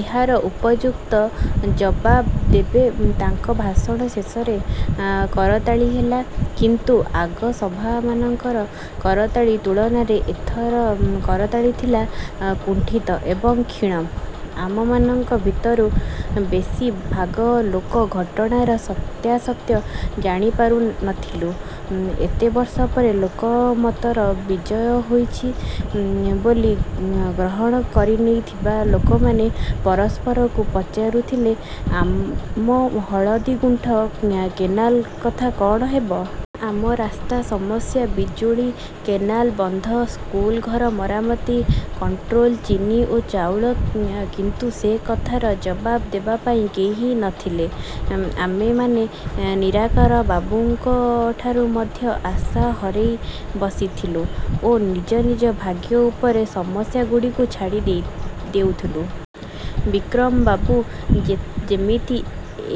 ଏହାର ଉପଯୁକ୍ତ ଜବାବ ଦେବେ। ତାଙ୍କ ଭାଷଣ ଶେଷରେ କରତାଳି ହେଲା। କିନ୍ତୁ ଆଗ ସଭାମାନଙ୍କର କରତାଳି ତୁଳନାରେ ଏଥରର କରତାଳି ଥିଲା କୁଣ୍ଠିତ ଏବଂ କ୍ଷୀଣ। ଆମମାନଙ୍କ ଭିତରୁ ବେଶୀଭାଗ ଲୋକ ଘଟଣାର ସତ୍ୟାସତ୍ୟ ଜାଣିପାରୁନଥିଲୁ। ଏତେବର୍ଷ ପରେ ଲୋକମତର ବିଜୟ ହୋଇଛି ବୋଲି ଗ୍ରହଣ କରିନେଇଥିବା ଲୋକମାନେ ପରସ୍ପରକୁ ପଚାରୁଥିଲେ, ଆମ ହଳଦୀଗୁଣ୍ଠ କେନାଲ କଥା କଣ ହେବ? ଆମ ରାସ୍ତା ସମସ୍ୟା? ବିଜୁଳି? କେନାଲ ବନ୍ଧ? ସ୍କୁଲ ଘର ମରାମତି? କଣ୍ଟ୍ରୋଲ ଚିନି ଓ ଚାଉଳ? କିନ୍ତୁ ସେ କଥାର ଜବାବ ଦେବା ପାଇଁ କେହି ନ ଥିଲେ। ଆମେମାନେ ନିରାକାର ବାବୁଙ୍କ ଠାରୁ ମଧ୍ୟ ଆଶା ହରେଇ ବସୁଥିଲୁ ଓ ନିଜ ନିଜ ଭାଗ୍ୟ ଉପରେ ସମସ୍ୟାଗୁଡ଼ିକୁ ଛାଡ଼ିଦେଉଥିଲୁ। ବିକ୍ରମବାବୁ ଯେମିତି,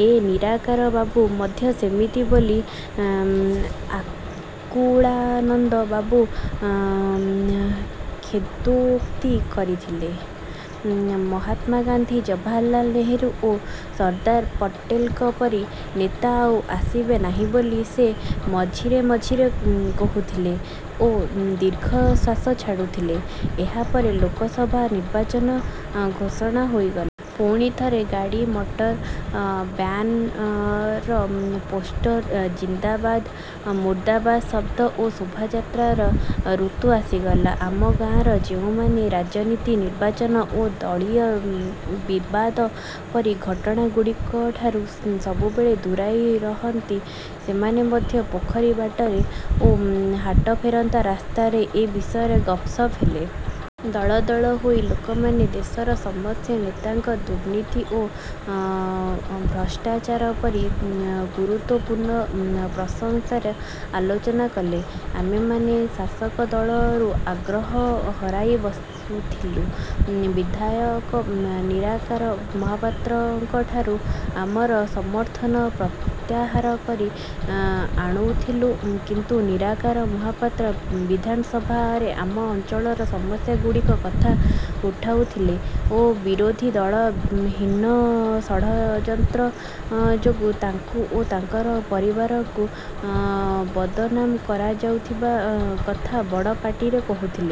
ଏ ନିରାକାର ବାବୁ ମଧ୍ୟ ସେମିତି ବୋଲି ଆକୁଳାନନ୍ଦ ବାବୁ ଖିଦୋକ୍ତି କରୁଥିଲେ। ମହାତ୍ମାଗାନ୍ଧୀ, ଜବାହରଲାଲ ଓ ସର୍ଦ୍ଦାର ପଟେଲଙ୍କ ପରି ନେତା ଆଉ ଆସିବେ ନାହିଁ ବୋଲି ସେ ମଝିରେ ମଝିରେ କହୁଥିଲେ ଓ ଦୀର୍ଘଶ୍ୱାସ ଛାଡ଼ୁଥିଲେ। ଏହାପରେ ଲୋକସଭା ନିର୍ବାଚନ ଘୋଷଣା ହୋଇଗଲା। ପୁଣିଥରେ ଗାଡ଼ି ମଟର, ବ୍ୟାନର, ପୋଷ୍ଟର ଜିନ୍ଦାବାଦ, ମୁର୍ଦ୍ଦାବାଦ ଶବ୍ଦ ଓ ଶୋଭଯାତ୍ରାର ଋତୁ ଆସିଗଲା। ଆମ ଗାଁର ଯେଉଁମାନେ ରାଜନୀତି, ନିର୍ବାଚନ ଓ ଦଳୀୟ ବିବାଦ ପରି ଘଟଣା ଗୁଡ଼ିକଠାରୁ ସବୁବେଳେ ଦୂରେଇ ରହନ୍ତି ସେମାନେ ମଧ୍ୟ ପୋଖରୀ ବାଟରେ ଓ ହାଟଫେରନ୍ତା ରାସ୍ତାରେ ଏ ବିଷୟରେ ଗପସପ ହେଲେ। ଦଳଦଳ ହୋଇ ଲୋକମାନେ ଦେଶର ସମସ୍ୟା, ନେତାଙ୍କ ଦୁର୍ନୀତି ଓ ଭ୍ରଷ୍ଟାଚାର ପରି ଗୁରୁତ୍ୱପୂର୍ଣ୍ଣ ପ୍ରସଂଗରେ ଆଲୋଚନା କଲେ। ଆମେମାନେ ଶାସକ ଦଳରୁ ଆଗ୍ରହ ହରେଇ ବସୁଥିଲୁ। ବିଧାୟକ ନିରାକାର ମହାପାତ୍ରଙ୍କ ଠାରୁ ଆମର ସମର୍ଥନ ପ୍ରତ୍ୟାହାର କରି ଆଣୁଥିଲୁ। କିନ୍ତୁ ନିରାକାର ମହାପାତ୍ର ବିଧାନସଭାରେ ଆମ ଅଞ୍ଚଳର ସମସ୍ୟାଗୁଡ଼ିକ କଥା ଉଠଉଥିଲେ ଓ ବିରୋଧୀ ଦଳର ହୀନ ଷଡଯନ୍ତ୍ର ଯୋଗୁଁ ତାଙ୍କୁ ଓ ତାଙ୍କର ପରିବାରକୁ ବଦନାମ କରାଯାଉଥିବା କଥା ବଡ଼ପାଟିରେ କହୁଥିଲେ।